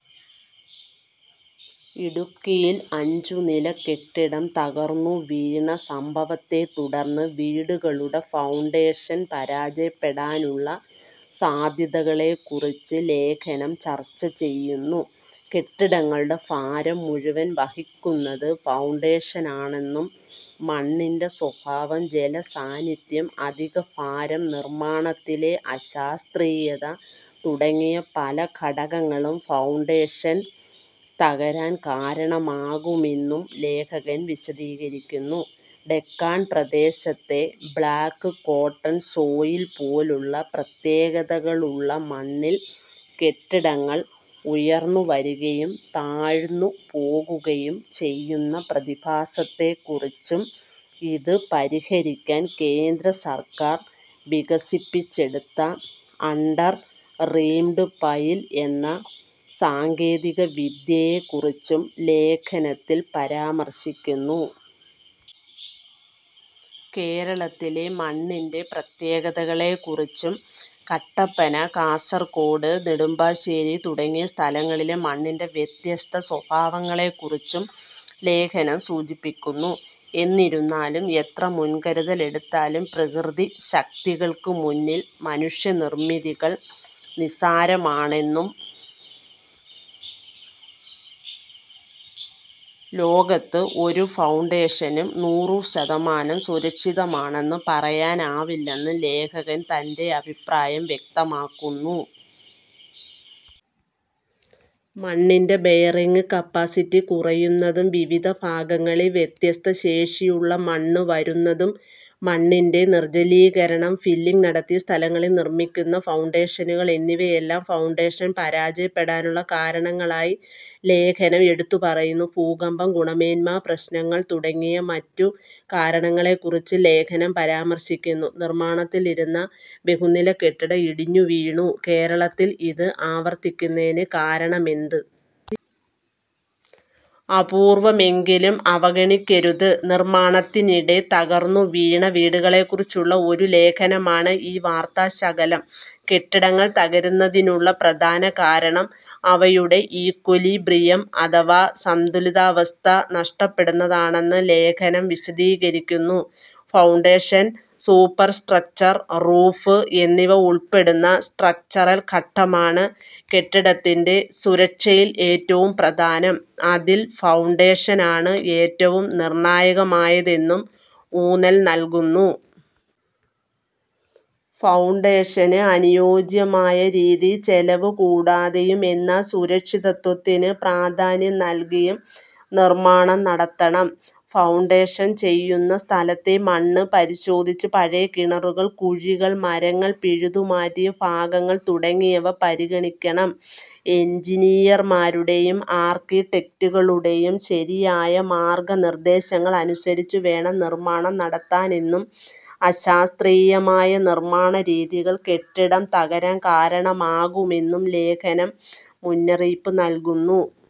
ഇടുക്കിയിൽ അഞ്ചു നില കെട്ടിടം തകർന്നുവീണ സംഭവത്തെത്തുടർന്ന് വീടുകളുടെ ഫൗണ്ടേഷൻ പരാജയപ്പെടാനുള്ള സാധ്യതകളെക്കുറിച്ച് ലേഖനം ചർച്ച ചെയ്യുന്നു. കെട്ടിടങ്ങളുടെ ഭാരം മുഴുവൻ വഹിക്കുന്നത് ഫൗണ്ടേഷനാണെന്നും, മണ്ണിൻ്റെ സ്വഭാവം, ജലസാന്നിധ്യം, അധികഭാരം, നിർമ്മാണത്തിലെ അശാസ്ത്രീയത തുടങ്ങിയ പല ഘടകങ്ങളും ഫൗണ്ടേഷൻ തകരാൻ കാരണമാകുമെന്നും ലേഖകൻ വിശദീകരിക്കുന്നു. ഡെക്കാൻ പ്രദേശത്തെ ബ്ലാക്ക് കോട്ടൺ സോയിൽ പോലുള്ള പ്രത്യേകതകളുള്ള മണ്ണിൽ കെട്ടിടങ്ങൾ ഉയർന്നുവരികയും താഴ്ന്നുപോകുകയും ചെയ്യുന്ന പ്രതിഭാസത്തെക്കുറിച്ചും, ഇത് പരിഹരിക്കാൻ കേന്ദ്രസർക്കാർ വികസിപ്പിച്ചെടുത്ത അണ്ടർ റീംഡ് പൈൽ എന്ന സാങ്കേതികവിദ്യയെക്കുറിച്ചും ലേഖനത്തിൽ പരാമർശിക്കുന്നു. കേരളത്തിലെ മണ്ണിൻ്റെ പ്രത്യേകതകളെക്കുറിച്ചും, കട്ടപ്പന, കാസർകോട്, നെടുമ്പാശ്ശേരി തുടങ്ങിയ സ്ഥലങ്ങളിലെ മണ്ണിൻ്റെ വ്യത്യസ്ത സ്വഭാവങ്ങളെക്കുറിച്ചും ലേഖനം സൂചിപ്പിക്കുന്നു. എന്നിരുന്നാലും, എത്ര മുൻകരുതൽ എടുത്താലും പ്രകൃതി ശക്തികൾക്ക് മുന്നിൽ മനുഷ്യനിർമ്മിതികൾ നിസ്സാരമാണെന്നും, ലോകത്ത് ഒരു ഫൗണ്ടേഷനും നൂറു ശതമാനം സുരക്ഷിതമാണെന്ന് പറയാനാവില്ലെന്നും ലേഖകൻ തൻ്റെ അഭിപ്രായം വ്യക്തമാക്കുന്നു. മണ്ണിൻ്റെ ബെയറിങ് കപ്പാസിറ്റി കുറയുന്നതും, വിവിധ ഭാഗങ്ങളിൽ വ്യത്യസ്ത ശേഷിയുള്ള മണ്ണ് വരുന്നതും, മണ്ണിൻ്റെ നിർജലീകരണം, ഫില്ലിംഗ് നടത്തിയ സ്ഥലങ്ങളിൽ നിർമ്മിക്കുന്ന ഫൗണ്ടേഷനുകൾ എന്നിവയെല്ലാം ഫൗണ്ടേഷൻ പരാജയപ്പെടാനുള്ള കാരണങ്ങളായി ലേഖനം എടുത്തുപറയുന്നു. ഭൂകമ്പം, ഗുണമേന്മാ പ്രശ്നങ്ങൾ തുടങ്ങിയ മറ്റു കാരണങ്ങളെക്കുറിച്ചും ലേഖനം പരാമർശിക്കുന്നു. നിർമാണത്തിലിരുന്ന ബഹുനില കെട്ടിടം ഇടിഞ്ഞു വീണു; കേരളത്തിൽ ഇത് ആവർത്തിക്കുന്നതിന് കാരണമെന്ത്? അപൂർവമെങ്കിലും അവഗണിക്കരുത് നിർമ്മാണത്തിനിടെ തകർന്നുവീണ വീടുകളെക്കുറിച്ചുള്ള ഒരു ലേഖനമാണ് ഈ വാർത്താശകലം. കെട്ടിടങ്ങൾ തകരുന്നതിനുള്ള പ്രധാന കാരണം അവയുടെ "ഈക്വലിബ്രിയം" അഥവാ സന്തുലിതാവസ്ഥ നഷ്ടപ്പെടുന്നതാണെന്ന് ലേഖനം വിശദീകരിക്കുന്നു. ഫൗണ്ടേഷൻ, സൂപ്പർ സ്ട്രക്ചർ, റൂഫ് എന്നിവ ഉൾപ്പെടുന്ന സ്ട്രക്ചറൽ ഘട്ടമാണ് കെട്ടിടത്തിന്റെ സുരക്ഷയിൽ ഏറ്റവും പ്രധാനം, അതിൽ ഫൗണ്ടേഷൻ ആണ് ഏറ്റവും നിർണായകമായതെന്നും ഊന്നൽ നൽകുന്നു. ഫൗണ്ടേഷന് അനുയോജ്യമായ രീതിയിൽ ചെലവ് കൂടാതെയും, എന്നാൽ സുരക്ഷിതത്വത്തിന് പ്രാധാന്യം നൽകിയും നിർമ്മാണം നടത്തണം. ഫൗണ്ടേഷൻ ചെയ്യുന്ന സ്ഥലത്തെ മണ്ണ് പരിശോധിച്ച്, പഴയ കിണറുകൾ, കുഴികൾ, മരങ്ങൾ പിഴുതുമാറ്റിയ ഭാഗങ്ങൾ തുടങ്ങിയവ പരിഗണിക്കണം. എൻജിനീയർമാരുടെയും ആർക്കിടെക്റ്റുകളുടെയും ശരിയായ മാർഗ്ഗനിർദ്ദേശങ്ങൾ അനുസരിച്ച് വേണം നിർമ്മാണം നടത്താനെന്നും, അശാസ്ത്രീയമായ നിർമ്മാണ രീതികൾ കെട്ടിടം തകരാൻ കാരണമാകുമെന്നും ലേഖനം മുന്നറിയിപ്പ് നൽകുന്നു.